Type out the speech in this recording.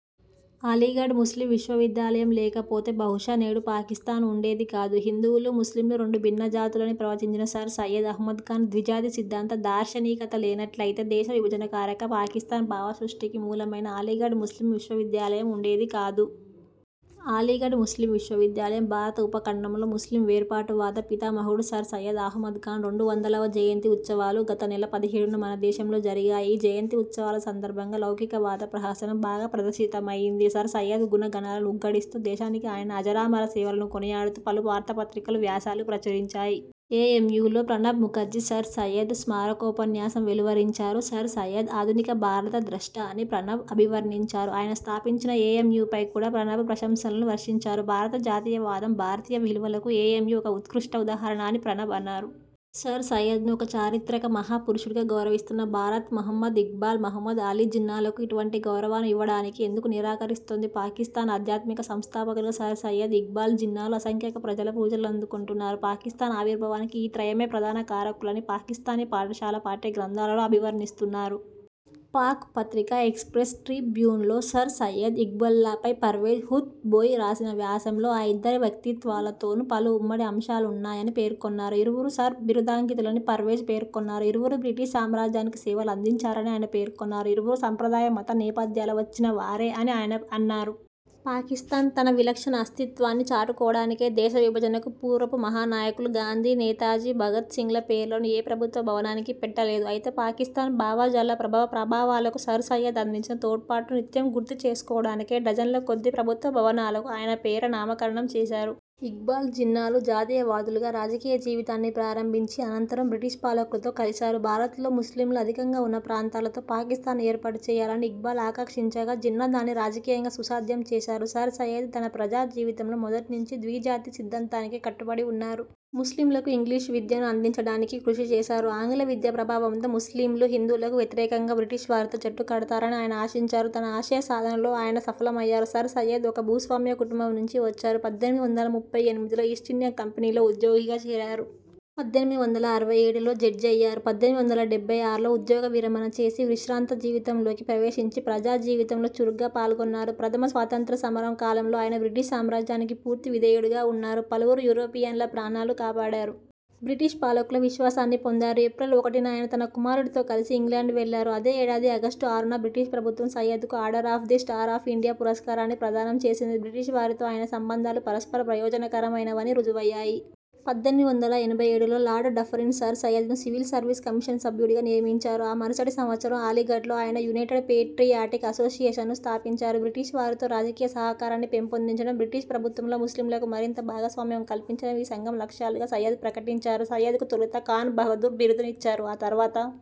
Aligarh Muslim విశ్వవిద్యాలయం లేకపోతే, బహుశా, నేడు పాకిస్థాన్ వుండేది కాదు. హిందువులు, ముస్లింలు రెండు భిన్న జాతులని ప్రవచించిన సర్ సయ్యద్ అహ్మద్ఖాన్ ద్విజాతి సిద్ధాంత 'దార్శనికత' లేనట్లయితే, దేశ విభజన కారక, పాకిస్థాన్ భావ సృష్టికి మూలమైన అలీగఢ్ ముస్లిమ్ విశ్వవిద్యాలయమూ వుండేది కాదు. అలీగఢ్ ముస్లిమ్ విశ్వవిద్యాలయం, భారత ఉపఖండంలో ముస్లిమ్ వేర్పాటువాద పితామహుడు సర్ సయ్యద్ అహ్మద్ ఖాన్ రెండు వందలవ జయంతి ఉత్సవాలు గత నెల పదిహేడున మనదేశంలో జరిగాయి. ఈ జయంతి ఉత్సవాల సందర్భంగా 'లౌకికవాద' ప్రహసనం బాగా ప్రదర్శితమయింది. సర్ సయ్యద్ 'గుణగణాల'ను ఉగ్గడిస్తూ, దేశానికి ఆయన అజరామర 'సేవల'ను కొనియాడుతూ పలు వార్తాపత్రికలు వ్యాసాలు ప్రచురించాయి. ఏఎమ్యూలో ప్రణబ్ ముఖర్జీ సర్ సయ్యద్ స్మారకోపన్యాసం వెలువరించారు. సర్ సయ్యద్ 'ఆధునిక భారత ద్రష్ట' అని ప్రణబ్ అభివర్ణించారు. ఆయన స్థాపించిన ఏఎమ్యూపై కూడా ప్రణబ్ ప్రశంసలను వర్షించారు. 'భారత జాతీయవాదం, భారతీయ విలువల'కు ఏఎమ్యూ ఒక ఉత్కృష్ట ఉదాహరణ' అని ప్రణబ్ అన్నారు. సర్ సయ్యద్ను ఒక 'చారిత్రక మహా పురుషుడే' గౌరవిస్తున్న భారత్ ముహమ్మద్ ఇక్బాల్, మహమ్మద్ అలీ జిన్నాలకు అటువంటి గౌరవాన్ని ఇవ్వడానికి ఎందుకు నిరాకరిస్తుంది? పాకిస్థాన్ ఆధ్యాత్మిక సంస్థాపకులుగా సర్ సయ్యద్, ఇక్బాల్, జిన్నాలు అసంఖ్యాక ప్రజల పూజలందుకుంటున్నారు. పాకిస్థాన్ ఆవిర్భావానికి ఈ త్రయమే ప్రధాన కారకులని పాకిస్థానీ పాఠశాల పాఠ్య గ్రంథాలలో అభివర్ణిస్తున్నారు. పాక్ పత్రిక 'ఎక్సప్రెస్ ట్రిబ్యూన్'లో సర్ సయ్యద్, ఇక్బాల్ల పై పర్వేజ్ హూద్ బోయ్ రాసిన వ్యాసంలో ఆ ఇద్దరి వ్యక్తిత్వాలతోను పలు ఉమ్మడి అంశాలున్నాయని పేర్కొన్నారు. ఇరువురూ సర్ బిరుదాంకితులని పర్వేజ్ పేర్కొన్నారు. ఇరువురూ బ్రిటిష్ సామ్రాజ్యానికి సేవలు అందించారని ఆయన పేర్కొన్నారు. ఇరువురూ సంప్రదాయ మత నేపథ్యాల వచ్చిన వారే అని ఆయన అన్నారు. పాకిస్థాన్ తన విలక్షణ అస్తిత్వాన్ని చాటుకోవడానికై దేశ విభజనకు పూర్వపు మహానాయకులు గాంధీ, నేతాజీ, భగత్ సింగ్ల పేర్లను ఏ ప్రభుత్వ భవనానికీ పెట్టలేదు. అయితే పాకిస్థాన్ భావజాల ప్రభవ ప్రాభవాలకు సర్ సయ్యద్ అందించిన తోడ్పాటును నిత్యం గుర్తుచేసుకోవడానికై డజన్లకొద్దీ ప్రభుత్వ భవనాలకు ఆయనపేర నామకరణం చేశారు. ఇక్బాల్, జిన్నాలు జాతీయవాదులుగా రాజకీయ జీవితాన్ని ప్రారంభించి, అనంతరం బ్రిటిష్పాలకులతో కలిశారు. భారత్లో ముస్లింలు అధికంగా వున్న ప్రాంతాలతో పాకిస్థాన్ను ఏర్పాటుచేయాలని ఇక్బాల్ ఆకాంక్షించగా జిన్నా దాన్ని రాజకీయంగా సుసాధ్యం చేశారు. సర్ సయ్యద్ తన ప్రజా జీవితంలో మొదట్నుంచీ ద్విజాతి సిద్ధాంతానికే కట్టుబడి వున్నారు. ముస్లింలకు ఇంగ్లీష్ విద్యను అందించడానికి కృషి చేశారు. ఆంగ్ల విద్యా ప్రభావంతో ముస్లింలు హిందువులకు వ్యతిరేకంగా బ్రిటిష్ వారితో జట్టు కడతారని ఆయన ఆశించారు. తన ఆశయసాధనలో ఆయన సఫలమయ్యారు. సర్ సయ్యద్ ఒక భూస్వామ్య కుటుంబం నుంచి వచ్చారు. పద్దెనిమిది వందల ముప్పై ఎనిమిదిలో ఈస్టిండియా కంపెనీలో ఉద్యోగిగా చేరారు. పద్దెనిమిది వందల అరవై ఏడులో జడ్జి అయ్యారు. పద్దెనిమిది వందల డెబ్బై ఆరులో ఉద్యోగ విరమణ చేసి విశ్రాంత జీవితంలోకి ప్రవేశించి ప్రజా జీవితంలో చురుగ్గా పాల్గొన్నారు. ప్రథమ స్వాతంత్ర్య సమరం కాలంలో ఆయన బ్రిటిష్ సామ్రాజ్యానికి పూర్తి విధేయుడుగా వున్నారు. పలువురు యూరోపియన్ల ప్రాణాలు కాపాడారు. బ్రిటిష్ పాలకుల విశ్వాసాన్ని పొందారు. ఏప్రిల్ ఒకటిన ఆయన తన కుమారుడితో కలిసి ఇంగ్లాండ్ వెళ్ళారు. అదే ఏడాది ఆగస్టుఆరున బ్రిటిష్ ప్రభుత్వం సయ్యద్ కు 'Order of the Star of India' పురస్కారాన్ని ప్రదానం చేసింది. బ్రిటిష్ వారితో ఆయన సంబంధాలు పరస్పర ప్రయోజనకరమైనవని రుజువయ్యాయి. పద్దెనిమిది వందల ఎనభై ఏడులో లార్డ్ ఢఫరిన్ సర్ సయ్యద్ను సివిల్ సర్వీస్ కమిషన్ సభ్యుడుగా నియమించారు. ఆ మరుసటి సంవ త్సరం అలీగఢ్లో ఆయన 'యునైటెడ్ పేట్రియాటిక్ అసోసియేషన్'ను స్థాపించారు. బ్రిటిష్ వారితో రాజకీయ సహకారాన్ని పెంపొందించడం, బ్రిటిష్ ప్రభుత్వంలో ముస్లింలకు మరింత భాగస్వామ్యం కల్పించడం ఈ సంఘం లక్ష్యాలుగా సయ్యద్ ప్రకటించారు. సయ్యద్ కు తొలుత 'ఖాన్ బహదూర్' బిరుదునిచ్చారు. ఆ తరువాత